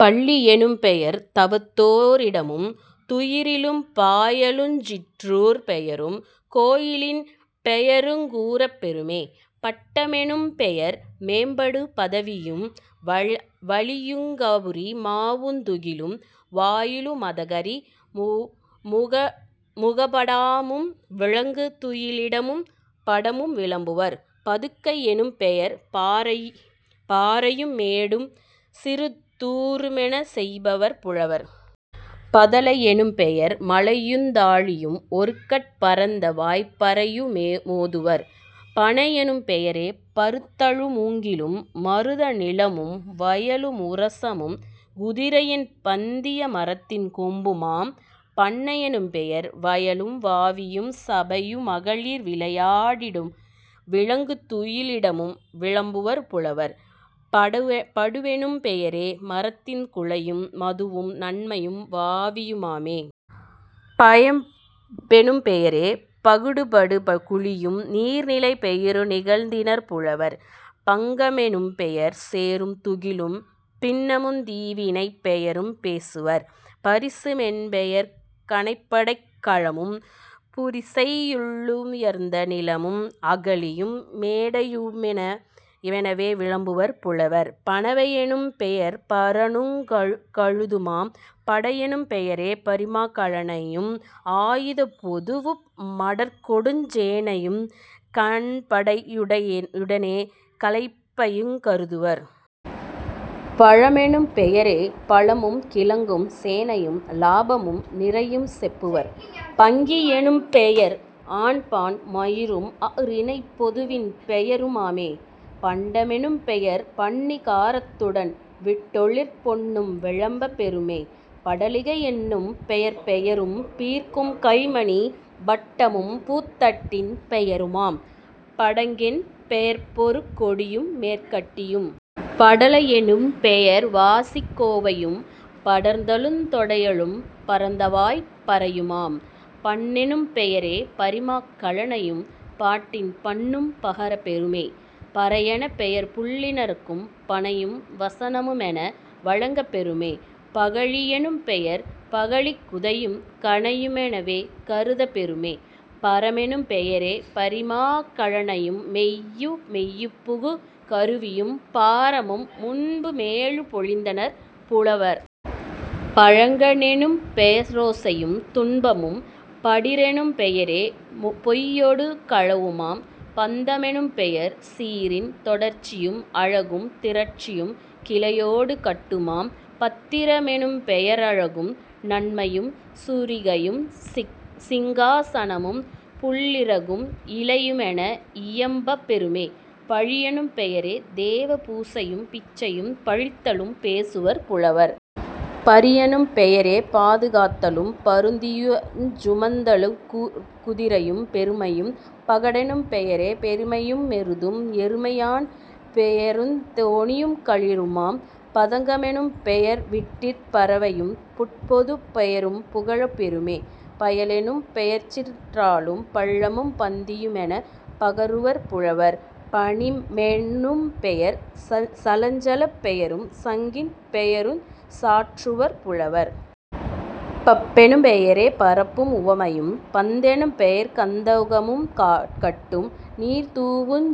பள்ளி யெனும்பெயர் தவத்தோ ரிடமும் துயிறலும் பாயலுஞ் சிற்றூர்ப் பெயரும் கோயிலின் பெயருங் கூறப் பெறுமே..... பட்ட மெனும்பெயர் மேம்படு பதவியும் வழியுங் கவரி மாவுந் துகிலும்। வாயிலு மதகரி முகப டாமும் விலங்கு துயிலிடமும் படமும் விளம்புவர்..... பதுக்கை யெனும்பெயர் பாறையு மேடும் சிறுதூ றுமெனச் செப்புவர் புலவர்..... பதலை யெனும்பெயர் மலையுந் தாழியும் ஒருகட் பரந்த வாய்ப்பறையு மோதுவர்..... பணையெனும் பெயரே பருத்தலு ழூங்கிலும் மருத நிலமும் வயலு முரசமும் குதிரையின் பந்தியு மரத்தின் கொம்புமாம்..... பண்ணை யெனும்பெயர் வயலும் வாவியும் சபையு மகளிர் விளையா டிடமும் விலங்கு துயிலிடமும் விளம்புவர் புலவர்..... படுவெனும் பெயரே மரத்தின் குலையும் மதுவும் நன்மையும் வாவியு மாமே..... பயம்பெனும் பெயரே பகடுபடு குழியும் நீர்நிலைப் பெயரு நிகழ்த்தினர் புலவர்..... பங்க மெனும்பெயர் சேறும் துகிலும் பின்னமுந் தீவினைப் பெயரும் பேசுவர்..... பரிசு மென்பெயர் கணைப்படைக் கலமும் புரிசை யுள்ளுயர்ந்த நிலமும் அகழியும் மேடையு மெனவே விளம்புவர் புலவர்..... பணவை யெனும்பெயர் பரணுங் கழுதுமாம்..... படையெனும் பெயரே பரிமாக் கலனையும் ஆயுதப் பொதுவு மடர்கொடுஞ் சேனையும் கண்படை யுடனே கலப்பையுங் கருதுவர்..... பலமெனும் பெயரே பழமும் கிழங்கும் சேனையும் லாபமும் நிறையும் செப்புவர்..... பங்கி யெனும்பெயர் ஆண்பான் மயிரும் அஃறிணைப் பொதுவின் பெயரு மாமே..... பண்ட மெனும்பெயர் பண்ணி காரத்துடன் விண்டொளிர் பொன்னும் விளம்பப் பெறுமே..... படலிகை யென்னும் பெயர்பெரும் பீர்க்கும் கைமணி வட்டமும் பூத்தட்டின் பெயருமாம்..... படங்கென் பெயர்பெருங் கொடியு மேற்கட்டியும்..... படலை யெனும்பெயர் வாசிக் கோவையும் படர்தலுந் தொடையலும் பரந்தவாய்ப் பறையுமாம்..... பண்ணெனும் பெயரே பரிமாக் கலனையும் பாட்டின் பண்ணும் பகரப் பெறுமே..... பறையென் பெயர்புள்ளி னிறகும் பணையும் வசனமு மெனவே வழங்கப் பெறுமே..... பகழி யெனும்பெயர் பகழிக் குதையும் கணையு மெனவே கருதப் பெறுமே..... பரமெனும் பெயரே பரிமாக் கலனையும் மெய்யு மெய்புகு கருவியும் பாரமும் முன்பு மேலு மொழிந்தனர் புலவர்..... பழங்கணெ னும்பெய ரோசையும் துன்பமும்..... படிறெனும் பெயரே பொய்யொடு களவுமாம்..... பந்த மெனும்பெயர் சீரின் தொடர்ச்சியும் அழகும் திரட்சியும் கிளையொடு கட்டுமாம்..... பத்திர மெனும்பெய ரழகும் நன்மையும் சுரிகையும் சிங்கா சனமும் புள்ளிறகும் இலையு மெனவே இயம்பப் பெறுமே..... பலியெனும் பெயரே தேவ பூசையும் பிச்சையும் பலித்தலும் பேசுவர் புலவர்..... பரியெனும் பெயரே பாது காத்தலும் பருத்தியுஞ் சுமத்தலுங் குதிரையும் பெருமையும்..... பகடெனும் பெயரே பெருமையு மெருதும் எருமை யாண்பெயருந் தோணியுங் களிறுமாம்..... பதங்க மெனும்பெயர் விட்டிற் பறவையும் புட்பொதுப் பெயரும் புகலப் பெறுமே..... பயலெனும் பெயர்ச்சிற் றாளும் பள்ளமும் பந்தியு மெனவே பகருவர் புலவர்..... பணில மெனும்பெயர் சலஞ்சலப் பெயரும் சங்கின் பெயருஞ் சாற்றுவர் புலவர்..... பப்பெனும் பெயரே பரப்பும் உவமையும்..... பந்தெனும் பெயர்கந் துகமும் கட்டும் நீர்தூவுஞ்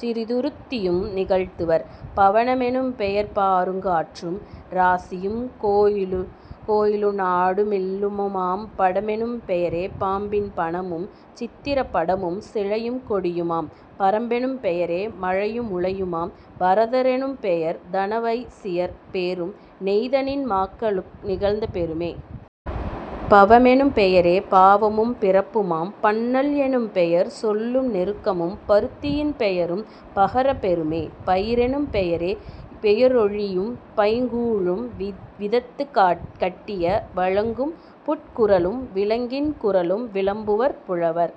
சிறுது ருத்தியும் நிகழ்த்துவர்..... பவன மெனும்பெயர் பாருங் காற்றும் இராசியும் கோயிலு நாடு மில்லமுமாம்..... படமெனும் பெயரே பாம்பின் பணமும் சித்திரப் படமும் சிலையும் கொடியுமாம்..... பறம்பெனும் பெயரே மலையு முலையுமாம்..... பரத ரெனும்பெயர் தனவைசியர் பேரும் நெய்தனில மாக்களு நிகழ்த்தப் பெறுமே..... பவமெனும் பெயரே பாவமும் பிறப்புமாம்..... பண்ணல் எனும்பெயர் சொல்லு நெருக்கமும் பருத்தியின் பெயரும் பகரப் பெறுமே..... பயிரெனும் பெயரே யொலியும் பைங்கூழும் விதந்து கட்டிய வழக்கும் புட்குரலும் விலங்கின் குரலும் விளம்புவர் புலவர்.